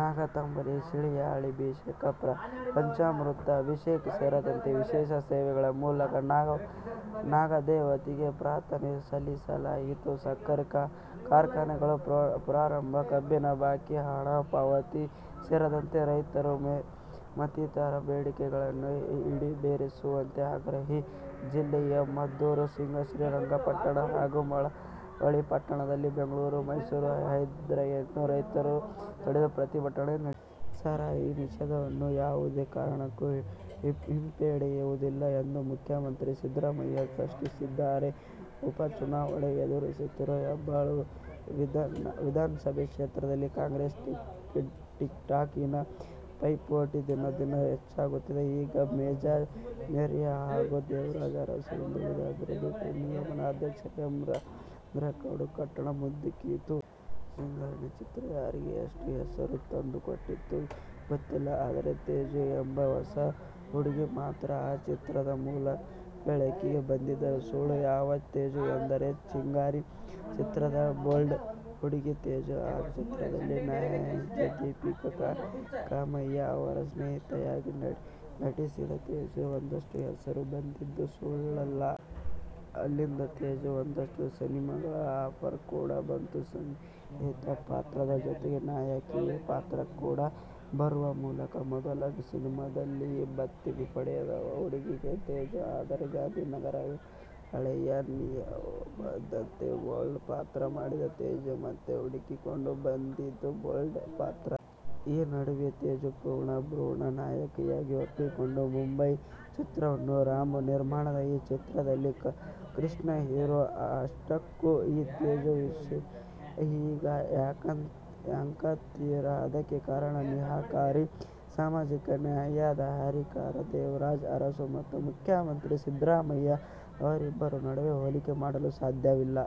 ನಾಗತಂಬಿಲ, ಸೀಯಾಳಾಭಿಷೇಕ, ಪಂಚಾಮೃತ ಅಭಿಷೇಕ ಸೇರಿದಂತೆ ವಿಶೇಷ ಸೇವೆಗಳ ಮೂಲಕ ನಾಗದೇವತೆಗೆ ಪ್ರಾರ್ಥನೆ ಸಲ್ಲಿಸಲಾಯಿತು. ಸಕ್ಕರೆ ಕಾರ್ಖಾನೆಗಳ ಪುನಾರಂಭ, ಕಬ್ಬಿನ ಬಾಕಿ ಹಣ ಪಾವತಿ ಸೇರಿದಂತೆ ರೈತರ ಮತ್ತಿತರರ ಬೇಡಿಕೆಗಳನ್ನು ಈಡೇರಿಸುವಂತೆ ಆಗ್ರಹಿಸಿ ಜಿಲ್ಲೆಯ ಮದ್ದೂರು, ಶ್ರೀರಂಗಪಟ್ಟಣ ಹಾಗೂ ಮಳವಳ್ಳಿ ಪಟ್ಟಣದಲ್ಲಿ ಬೆಂಗಳೂರು- ಮೈಸೂರು ಹೆದ್ದಾರಿಯನ್ನು ರೈತರು ತಡೆದು ಪ್ರತಿಭಟನೆ ನಡೆಸಿದರು. ಸಾರಾಯಿ ನಿಷೇಧವನ್ನು ಯಾವುದೇ ಕಾರಣಕ್ಕೂ ಹಿಂಪಡೆಯುವುದಿಲ್ಲ ಎಂದು ಮುಖ್ಯಮಂತ್ರಿ ಸಿದ್ದರಾಮಯ್ಯ ಸ್ಪಷ್ಟಪಡಿಸಿದ್ದಾರೆ. ಉಪ ಚುನಾವಣೆ ಎದುರಿಸುತ್ತಿರುವ ಹೆಬ್ಟಾಳ ವಿಧಾನಸಭೆ ಕ್ಷೇತ್ರದ ಕಾಂಗ್ರೆಸ್ ಟಿಕೆಟ್ಗಾಗಿ ಪೈಪೋಟಿ ದಿನೇ ದಿನೇ ಹೆಚ್ಚಾಗುತ್ತಿದ್ದು, ಈಗ ಮಾಜಿ ಮೇಯರ್ಹಾಗೂ ದೇವರಾಜ ಅರಸು ಹಿಂದುಳಿದ ಅಭಿವೃದಿಟಛಿ ನಿಗಮದ ಅಧ್ಯಕ್ಷ ಎಂ. ರಾಮಚಂದ್ರಪ್ಪ ಕೂಡ ಕಣಕ್ಕೆ ಧುಮುಕಿದ್ದಾರೆ. "ಚಿಂಗಾರಿ' ಚಿತ್ರ ಯಾರಿಗೆ, ಎಷ್ಟು ಹೆಸರು ತಂದುಕೊಟ್ಟಿತೋ ಗೊತ್ತಿಲ್ಲ, ಆದರೆ, ತೇಜು ಎಂಬ ಹೊಸ ಹುಡುಗಿ ಮಾತ್ರ ಆ ಚಿತ್ರದ ಮೂಲಕ ಬೆಳಕಿಗೆ ಬಂದಿದ್ದು ಸುಳ್ಳಲ್ಲ. ಯಾವ ತೇಜು ಎಂದರೆ "ಚಿಂಗಾರಿ' ಚಿತ್ರದ ಬೋಲ್ಡ್ ಹುಡುಗಿ ತೇಜು. ಆ ಚಿತ್ರದಲ್ಲಿ ನಾಯಕಿ ದೀಪಿಕಾ ಕಾಮಯ್ಯ ಅವರ ಸ್ನೇಹಿತೆಯಾಗಿ ನಟಿಸಿದ್ದ ತೇಜುಗೆ ಒಂದಷ್ಟು ಹೆಸರು ಬಂದಿದ್ದು ಸುಳ್ಳಲ್ಲ. ಅಲ್ಲಿಂದ ತೇಜುಗೆ ಒಂದಷ್ಟು ಸಿನಿಮಾಗಳ ಆಫರ್ ಕೂಡಾ ಬಂತು. ಸ್ನೇಹಿತೆಯ ಪಾತ್ರದ ಜೊತೆಗೆ ನಾಯಕಿಯ ಪಾತ್ರ ಕೂಡಾ ಬರುವ ಮೂಲಕ ಮೊದಲ ಸಿನಿಮಾದಲ್ಲೇ ಭಡ್ತಿ ಪಡೆದ ಹುಡುಗಿ ತೇಜು. ಆದರೆ, ಗಾಂಧಿನಗರದ ಹಳೆಯ ನಿಯಮದಂತೆ ಬೋಲ್ಡ್ ಪಾತ್ರ ಮಾಡಿದ ತೇಜುಗೆ ಮತ್ತೆ ಹುಡುಕಿಕೊಂಡು ಬಂದಿದ್ದು ಬೋಲ್ಡ್ ಪಾತ್ರವೇ. ಈ ನಡುವೆಯೇ ತೇಜು ಪೂರ್ಣಪ್ರಮಾಣದ ನಾಯಕಿಯಾಗಿ ಒಪ್ಪಿಕೊಂಡಿದ್ದು "ಮುಂಬೈ' ಚಿತ್ರವನ್ನು. ರಾಮು ನಿರ್ಮಾಣದ ಈ ಚಿತ್ರದಲ್ಲಿ ಕೃಷ್ಣ ಹೀರೋ. ಅಷ್ಟಕ್ಕೂ ಈ ತೇಜು ವಿಷ್ಯ ಈಗ ಯಾಕಂತೀರಾ? ಅದಕ್ಕೆ ಕಾರಣ, ನಿಹಾರಿಕಾ! ಸಾಮಾಜಿಕ ನ್ಯಾಯದ ಹರಿಕಾರ ದೇವರಾಜ ಅರಸು ಮತ್ತು ಮುಖ್ಯಮಂತ್ರಿ ಸಿದ್ದರಾಮಯ್ಯ ಅವರಿಬ್ಬರ ನಡುವೆ ಹೋಲಿಕೆ ಮಾಡಲು ಸಾಧ್ಯವಿಲ್ಲ.